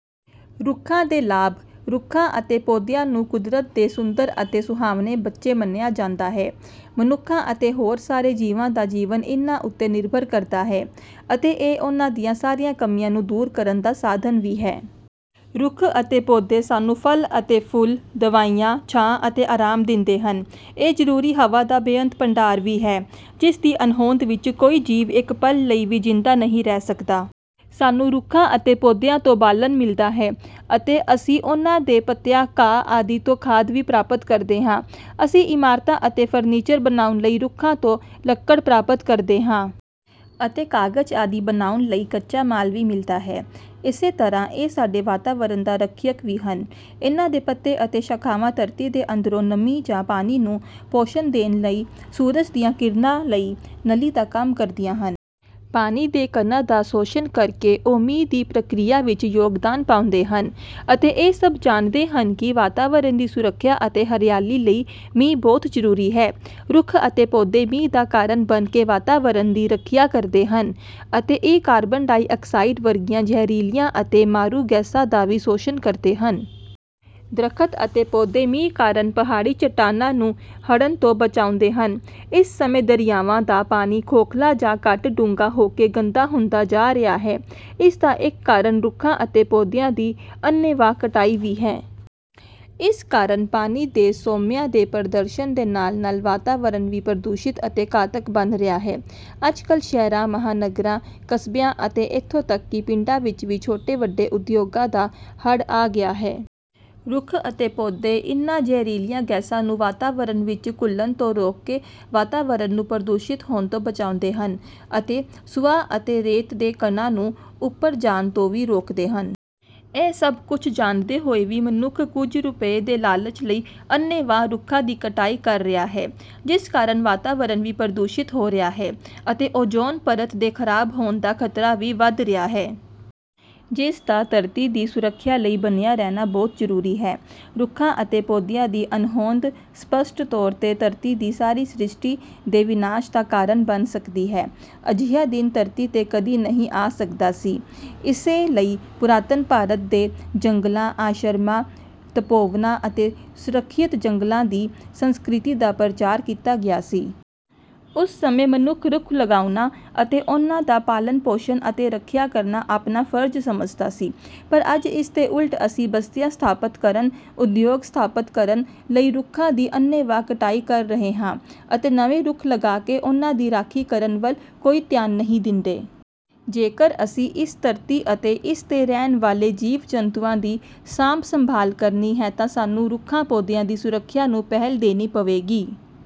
ਰੁੱਖਾਂ ਦੇ ਲਾਭ ਰੁੱਖਾਂ ਅਤੇ ਪੌਦਿਆਂ ਨੂੰ ਕੁਦਰਤ ਦੇ ਸੁੰਦਰ ਅਤੇ ਸੁਹਾਵਣੇ ਬੱਚੇ ਮੰਨਿਆ ਜਾਂਦਾ ਹੈ। ਮਨੁੱਖਾਂ ਅਤੇ ਹੋਰ ਸਾਰੇ ਜੀਵਾਂ ਦਾ ਜੀਵਨ ਇਹਨਾਂ ਉੱਤੇ ਨਿਰਭਰ ਕਰਦਾ ਹੈ। ਅਤੇ ਇਹ ਉਹਨਾਂ ਦੀਆਂ ਸਾਰੀਆਂ ਕਮੀਆਂ ਨੂੰ ਦੂਰ ਕਰਨ ਦਾ ਸਾਧਨ ਵੀ ਹੈ। ਰੁੱਖ ਅਤੇ ਪੌਦੇ ਸਾਨੂੰ ਫਲ ਅਤੇ ਫੁੱਲ, ਦਵਾਈਆਂ, ਛਾਂ ਅਤੇ ਆਰਾਮ ਦਿੰਦੇ ਹਨ। ਇਹ ਜ਼ਰੂਰੀ ਹਵਾ ਦਾ ਬੇਅੰਤ ਭੰਡਾਰ ਵੀ ਹੈ। ਜਿਸ ਦੀ ਅਣਹੋਂਦ ਵਿੱਚ ਕੋਈ ਜੀਵ ਇੱਕ ਪਲ ਲਈ ਵੀ ਜ਼ਿੰਦਾ ਨਹੀਂ ਰਹਿ ਸਕਦਾ। ਸਾਨੂੰ ਰੁੱਖਾਂ ਅਤੇ ਪੌਦਿਆਂ ਤੋਂ ਬਾਲਣ ਮਿਲਦਾ ਹੈ। ਅਤੇ ਅਸੀਂ ਉਹਨਾਂ ਦੇ ਪੱਤਿਆਂ, ਘਾ ਆਦਿ ਤੋਂ ਖਾਦ ਵੀ ਪ੍ਰਾਪਤ ਕਰਦੇ ਹਾਂ। ਅਸੀਂ ਇਮਾਰਤਾਂ ਅਤੇ ਫਰਨੀਚਰ ਬਣਾਉਣ ਲਈ ਰੁੱਖਾਂ ਤੋਂ ਲੱਕੜ ਪ੍ਰਾਪਤ ਕਰਦੇ ਹਾਂ। ਅਤੇ ਕਾਗਜ਼ ਆਦਿ ਬਣਾਉਣ ਲਈ ਕੱਚਾ ਮਾਲ ਵੀ ਮਿਲਦਾ ਹੈ। ਇਸੇ ਤਰ੍ਹਾਂ ਇਹ ਸਾਡੇ ਵਾਤਾਵਰਨ ਦਾ ਰੱਖਿਅਕ ਵੀ ਹਨ. ਇਨ੍ਹਾਂ ਦੇ ਪੱਤੇ ਅਤੇ ਸ਼ਾਖਾਵਾਂ ਧਰਤੀ ਦੇ ਅੰਦਰੋਂ ਨਮੀ ਜਾਂ ਪਾਣੀ ਨੂੰ ਪੋਸ਼ਣ ਦੇਣ ਲਈ ਸੂਰਜ ਦੀਆਂ ਕਿਰਨਾਂ ਲਈ ਨਲੀ ਦਾ ਕੰਮ ਕਰਦੀਆਂ ਹਨ। ਪਾਣੀ ਦੇ ਕਣਾਂ ਦਾ ਸ਼ੋਸ਼ਣ ਕਰਕੇ, ਉਹ ਮੀਂਹ ਦੀ ਪ੍ਰਕਿਰਿਆ ਵਿੱਚ ਯੋਗਦਾਨ ਪਾਉਂਦੇ ਹਨ। ਅਤੇ ਇਹ ਸਭ ਜਾਣਦੇ ਹਨ ਕਿ ਵਾਤਾਵਰਨ ਦੀ ਸੁਰੱਖਿਆ ਅਤੇ ਹਰਿਆਲੀ ਲਈ ਮੀਂਹ ਬਹੁਤ ਜ਼ਰੂਰੀ ਹੈ। ਰੁੱਖ ਅਤੇ ਪੌਦੇ ਮੀਂਹ ਦਾ ਕਾਰਨ ਬਣ ਕੇ ਵਾਤਾਵਰਣ ਦੀ ਰੱਖਿਆ ਕਰਦੇ ਹਨ ਅਤੇ ਇਹ ਕਾਰਬਨ ਡਾਈਆਕਸਾਈਡ ਵਰਗੀਆਂ ਜ਼ਹਿਰੀਲੀਆਂ ਅਤੇ ਮਾਰੂ ਗੈਸਾਂ ਦਾ ਵੀ ਸ਼ੋਸ਼ਣ ਕਰਦੇ ਹਨ। ਦਰੱਖਤ ਅਤੇ ਪੌਦੇ ਮੀਂਹ ਕਾਰਨ ਪਹਾੜੀ ਚਟਾਨਾਂ ਨੂੰ ਹੜਨ ਤੋਂ ਬਚਾਉਂਦੇ ਹਨ। ਇਸ ਸਮੇਂ ਦਰਿਆਵਾਂ ਦਾ ਪਾਣੀ ਖੋਖਲਾ ਜਾਂ ਘੱਟ ਡੂੰਘਾ ਹੋ ਕੇ ਗੰਦਾ ਹੁੰਦਾ ਜਾ ਰਿਹਾ ਹੈ, ਇਸ ਦਾ ਇੱਕ ਕਾਰਨ ਰੁੱਖਾਂ ਅਤੇ ਪੌਦਿਆਂ ਦੀ ਅੰਨ੍ਹੇਵਾਹ ਕਟਾਈ ਵੀ ਹੈ। ਇਸ ਕਾਰਨ ਪਾਣੀ ਦੇ ਸੋਮਿਆਂ ਦੇ ਪ੍ਰਦੂਸ਼ਣ ਦੇ ਨਾਲ-ਨਾਲ ਵਾਤਾਵਰਣ ਵੀ ਪ੍ਰਦੂਸ਼ਿਤ ਅਤੇ ਘਾਤਕ ਬਣ ਰਿਹਾ ਹੈ। ਅੱਜ ਕੱਲ੍ਹ ਸ਼ਹਿਰਾਂ, ਮਹਾਨਗਰਾਂ, ਕਸਬਿਆਂ ਅਤੇ ਇੱਥੋਂ ਤੱਕ ਕਿ ਪਿੰਡਾਂ ਵਿੱਚ ਵੀ ਛੋਟੇ-ਵੱਡੇ ਉਦਯੋਗਾਂ ਦਾ ਹੜ੍ਹ ਆ ਗਿਆ ਹੈ। ਰੁੱਖ ਅਤੇ ਪੌਦੇ ਇਨ੍ਹਾਂ ਜ਼ਹਿਰੀਲੀਆਂ ਗੈਸਾਂ ਨੂੰ ਵਾਤਾਵਰਣ ਵਿੱਚ ਘੁਲਣ ਤੋਂ ਰੋਕ ਕੇ ਵਾਤਾਵਰਣ ਨੂੰ ਪ੍ਰਦੂਸ਼ਿਤ ਹੋਣ ਤੋਂ ਬਚਾਉਂਦੇ ਹਨ ਅਤੇ ਸੁਆਹ ਅਤੇ ਰੇਤ ਦੇ ਕਣਾਂ ਨੂੰ ਉੱਪਰ ਜਾਣ ਤੋਂ ਵੀ ਰੋਕਦੇ ਹਨ। ਇਹ ਸਭ ਕੁਝ ਜਾਣਦੇ ਹੋਏ ਵੀ ਮਨੁੱਖ ਕੁਝ ਰੁਪਏ ਦੇ ਲਾਲਚ ਲਈ ਅੰਨ੍ਹੇਵਾਹ ਰੁੱਖਾਂ ਦੀ ਕਟਾਈ ਕਰ ਰਿਹਾ ਹੈ। ਜਿਸ ਕਾਰਨ ਵਾਤਾਵਰਨ ਵੀ ਪ੍ਰਦੂਸ਼ਿਤ ਹੋ ਰਿਹਾ ਹੈ ਅਤੇ ਓਜ਼ੋਨ ਪਰਤ ਦੇ ਖ਼ਰਾਬ ਹੋਣ ਦਾ ਖ਼ਤਰਾ ਵੀ ਵੱਧ ਰਿਹਾ ਹੈ। ਜਿਸ ਦਾ ਧਰਤੀ ਦੀ ਸੁਰੱਖਿਆ ਲਈ ਬਣਿਆ ਰਹਿਣਾ ਬਹੁਤ ਜ਼ਰੂਰੀ ਹੈ। ਰੁੱਖਾਂ ਅਤੇ ਪੌਦਿਆਂ ਦੀ ਅਣਹੋਂਦ ਸਪੱਸ਼ਟ ਤੌਰ 'ਤੇ ਧਰਤੀ ਦੀ ਸਾਰੀ ਸ੍ਰਿਸ਼ਟੀ ਦੇ ਵਿਨਾਸ਼ ਦਾ ਕਾਰਨ ਬਣ ਸਕਦੀ ਹੈ। ਅਜਿਹਾ ਦਿਨ ਧਰਤੀ 'ਤੇ ਕਦੇ ਨਹੀਂ ਆ ਸਕਦਾ ਸੀ, ਇਸੇ ਲਈ ਪੁਰਾਤਨ ਭਾਰਤ ਦੇ ਜੰਗਲਾਂ, ਆਸ਼ਰਮਾਂ, ਤਪੋਵਨਾਂ ਅਤੇ ਸੁਰੱਖਿਅਤ ਜੰਗਲਾਂ ਦੀ ਸੰਸਕ੍ਰਿਤੀ ਦਾ ਪ੍ਰਚਾਰ ਕੀਤਾ ਗਿਆ ਸੀ। ਉਸ ਸਮੇਂ ਮਨੁੱਖ ਰੁੱਖ ਲਗਾਉਣਾ ਅਤੇ ਉਨ੍ਹਾਂ ਦਾ ਪਾਲਣ ਪੋਸ਼ਣ ਅਤੇ ਰੱਖਿਆ ਕਰਨਾ ਆਪਣਾ ਫਰਜ਼ ਸਮਝਦਾ ਸੀ। ਪਰ ਅੱਜ ਇਸ ਦੇ ਉਲਟ ਅਸੀਂ ਬਸਤੀਆਂ ਸਥਾਪਤ ਕਰਨ, ਉਦਯੋਗ ਸਥਾਪਤ ਕਰਨ ਲਈ ਰੁੱਖਾਂ ਦੀ ਅੰਨ੍ਹੇਵਾਹ ਕਟਾਈ ਕਰ ਰਹੇ ਹਾਂ ਅਤੇ ਨਵੇਂ ਰੁੱਖ ਲਗਾ ਕੇ ਉਨ੍ਹਾਂ ਦੀ ਰਾਖੀ ਕਰਨ ਵੱਲ ਕੋਈ ਧਿਆਨ ਨਹੀਂ ਦਿੰਦੇ। ਜੇਕਰ ਅਸੀਂ ਇਸ ਧਰਤੀ ਅਤੇ ਇਸ 'ਤੇ ਰਹਿਣ ਵਾਲੇ ਜੀਵ-ਜੰਤੂਆਂ ਦੀ ਸਾਂਭ-ਸੰਭਾਲ ਕਰਨੀ ਹੈ ਤਾਂ ਸਾਨੂੰ ਰੁੱਖਾਂ-ਪੌਦਿਆਂ ਦੀ ਸੁਰੱਖਿਆ ਨੂੰ ਪਹਿਲ ਦੇਣੀ ਪਵੇਗੀ।